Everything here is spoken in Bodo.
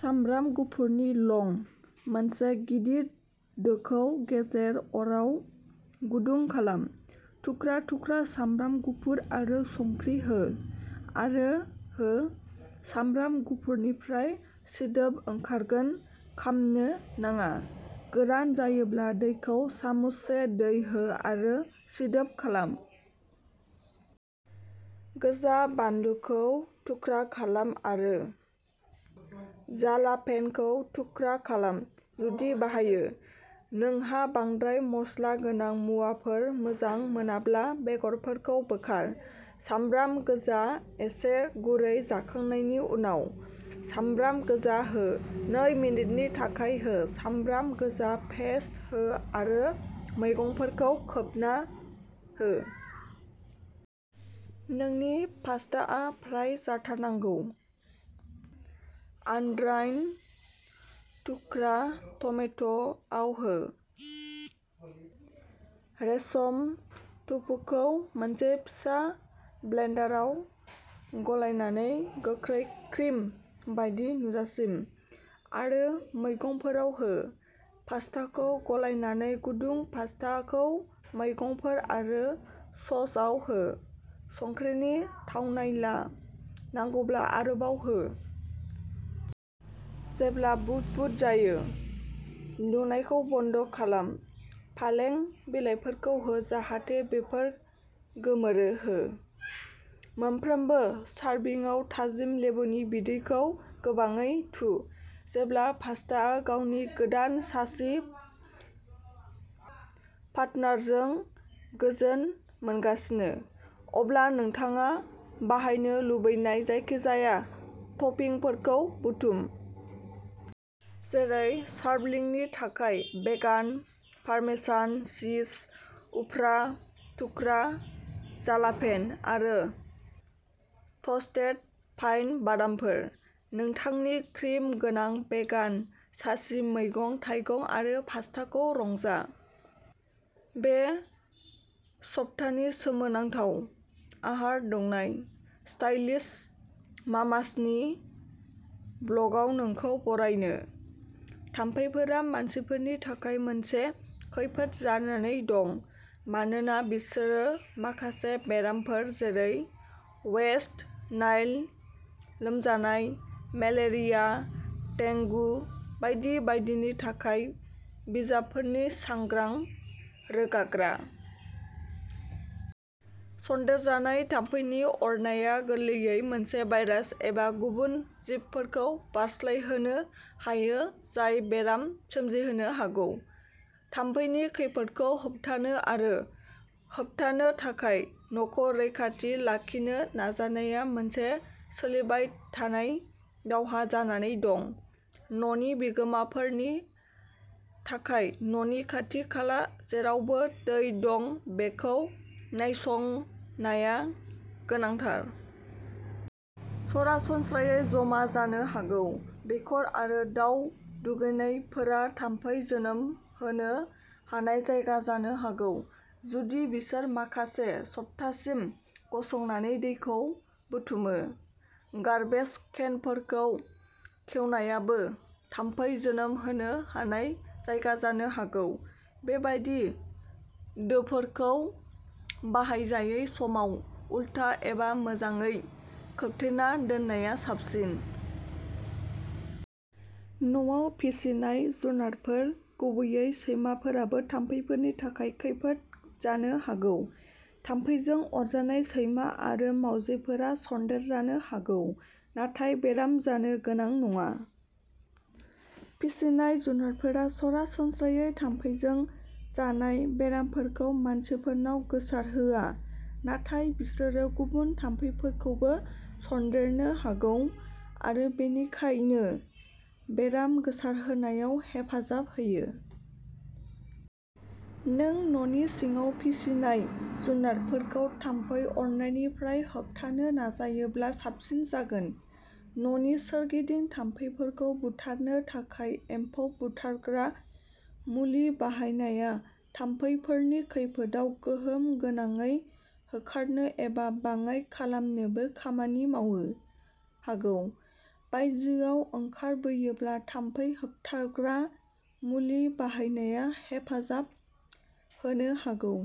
सामब्राम गुफुरनि लं मोनसे गिदिर दोखौ गेजेर अराव गुदुं खालाम, थुख्रा थुख्रा सामब्राम गुफुर आरो संख्रि हो आरो हो। सामब्राम गुफुरनिफ्राय सिदोब ओंखारगोन खामनो नाङा। गोरान जायोब्ला दैखौ सामुससे दै हो आरो सिदोब खालाम। गोजा बानलुखौ थुख्रा खालाम आरो जालापेन'खौ थुख्रा खालाम, जुदि बाहायो। नोंहा बांद्राय मस्ला गोनां मुवाफोर मोजां मोनाब्ला बेगरफोरखौ बोखार! सामब्राम गोजा एसे गुरै जाखांनायनि उनाव, सामब्राम गोजा हो। नै मिनिटनि थाखाय हो। सामब्राम गोजा पेस्त हो आरो मैगंफोरखौ खोबनो हो। नोंनि पास्ताआ फ्राय जाथारनांगौ। आनद्राइन्ड थुख्रा टमेट'आव हो। रेसम टफुखौ मोनसे फिसा ब्लेन्डाराव गलायनानै गोखै क्रिम बायदि नुजासिम, आरो मैगंफोराव हो। पास्ताखौ गलायनानै गुदुं पास्ताखौ मैगंफोर आरो ससआव हो। संख्रिनि थावनाय ला, नांगौब्ला आरोबाव हो। जेब्ला बुद बुद जायो, दुंनायखौ बन्द खालाम, पालें बिलाइफोरखौ हो जाहाथे बेफोर गोमोरो, हो। मोनफ्रोमबो सारभिंआव थाजिम लेबुनि बिदैखौ गोबाङै थु। जेब्ला पास्ताआ गावनि गोदान सासि पार्टनारजों गोजोन मोनगासिनो, अब्ला नोंथाङा बाहायनो लुबैनाय जायखिजाया टपिंफोरखौ बुथुम। जेरै सार्पलिंनि थाखाय भेगान पार्मेसान चीज, उफ्रा थुख्रा जालापेन', आरो टस्टेड पाइन बादामफोर। नोंथांनि क्रिम गोनां, भेगान, सासि मैगं-थाइगं आरो पास्ताखौ रंजा! बे सप्तानि सोमोनांथाव! आहार दौनाय! स्टाइलिश मामासनि ब्लगाव नोंखौ बरायनो, थाम्फैफोरा मानसिफोरनि थाखाय मोनसे खैफोद जानानै दं मानोना बिसोरो माखासे बेरामफोर जेरै वेस्ट नाइल लोमजानाय, मेलेरिया, डेंगु बायदि बायदिनि थाखाय बिजाबफोरनि सांग्रां रोगाग्रा। सन्देरजानाय थाम्फैनि अरनाया गोरलैयै मोनसे भाइरास एबा गुबुन जिबफोरखौ बारस्लायहोनो हायो जाय बेराम सोमजिहोनो हागौ। थाम्फैनि खैफोदखौ होबथानो आरो होबथानो थाखाय न'खौ रैखाथि लाखिनो नाजानाया मोनसे सोलिबाय थानाय दावहा जानानै दं। न'नि बिगोमाफोरनि थाखाय न'नि खाथि-खाला जेरावबो दै दं बेखौ नायसंनाया गोनांथार। सरासनस्रायै जमा जानो हागौ। दैखर आरो दाउ दुगैनायफोरा थाम्फै जोनोम होनो हानाय जायगा जानो हागौ जुदि बिसोर माखासे सप्तासिम गसंनाय दैखौ बुथुमो। गार्बेज केनफोरखौ खेवनायाबो थाम्फै जोनोम होनो हानाय जायगा जानो हागौ। बेबादि दोफोरखौ बाहायजायै समाव उलथा एबा मोजाङै खोबथेना दोननाया साबसिन। न'आव फिसिनाय जुनारफोर, गुबैयै सैमाफोराबो थाम्फैफोरनि थाखाय खैफोद जानो हागौ थाम्फैजों अरजानाय सैमा आरो मावजिफोरा सन्देरजानो हागौ नाथाय बेराम जानो गोनां नङा। फिसिनाय जुनारफोरा सरासनस्रायै थाम्फैजों जानाय बेरामफोरखौ मानसिफोरनाव गोसारहोआ नाथाय बिसोरो गुबुन थाम्फैफोरखौबो सनदेरनो हागौ आरो बेनिखायनो बेराम गोसारहोनायाव हेफाजाब होयो। नों न'नि सिङाव फिसिनाय जुनारफोरखौ थाम्फै अरनायनिफ्राय होबथानो नाजायोब्ला साबसिन जागोन। न'नि सोरगिदिं थाम्फैफोरखौ बुथारनो थाखाय एम्फौ बुथारग्रा मुलि बाहायनाया थाम्फैफोरनि खैफोदखौ गोहोम गोनाङै होखारनो एबा बाङाइ खालामनोबो खामानि मावो हागौ। बायजोआव ओंखारबोयोब्ला थाम्फै होबथाग्रा मुलि बाहायनाया हेफाजाब होनो हागौ।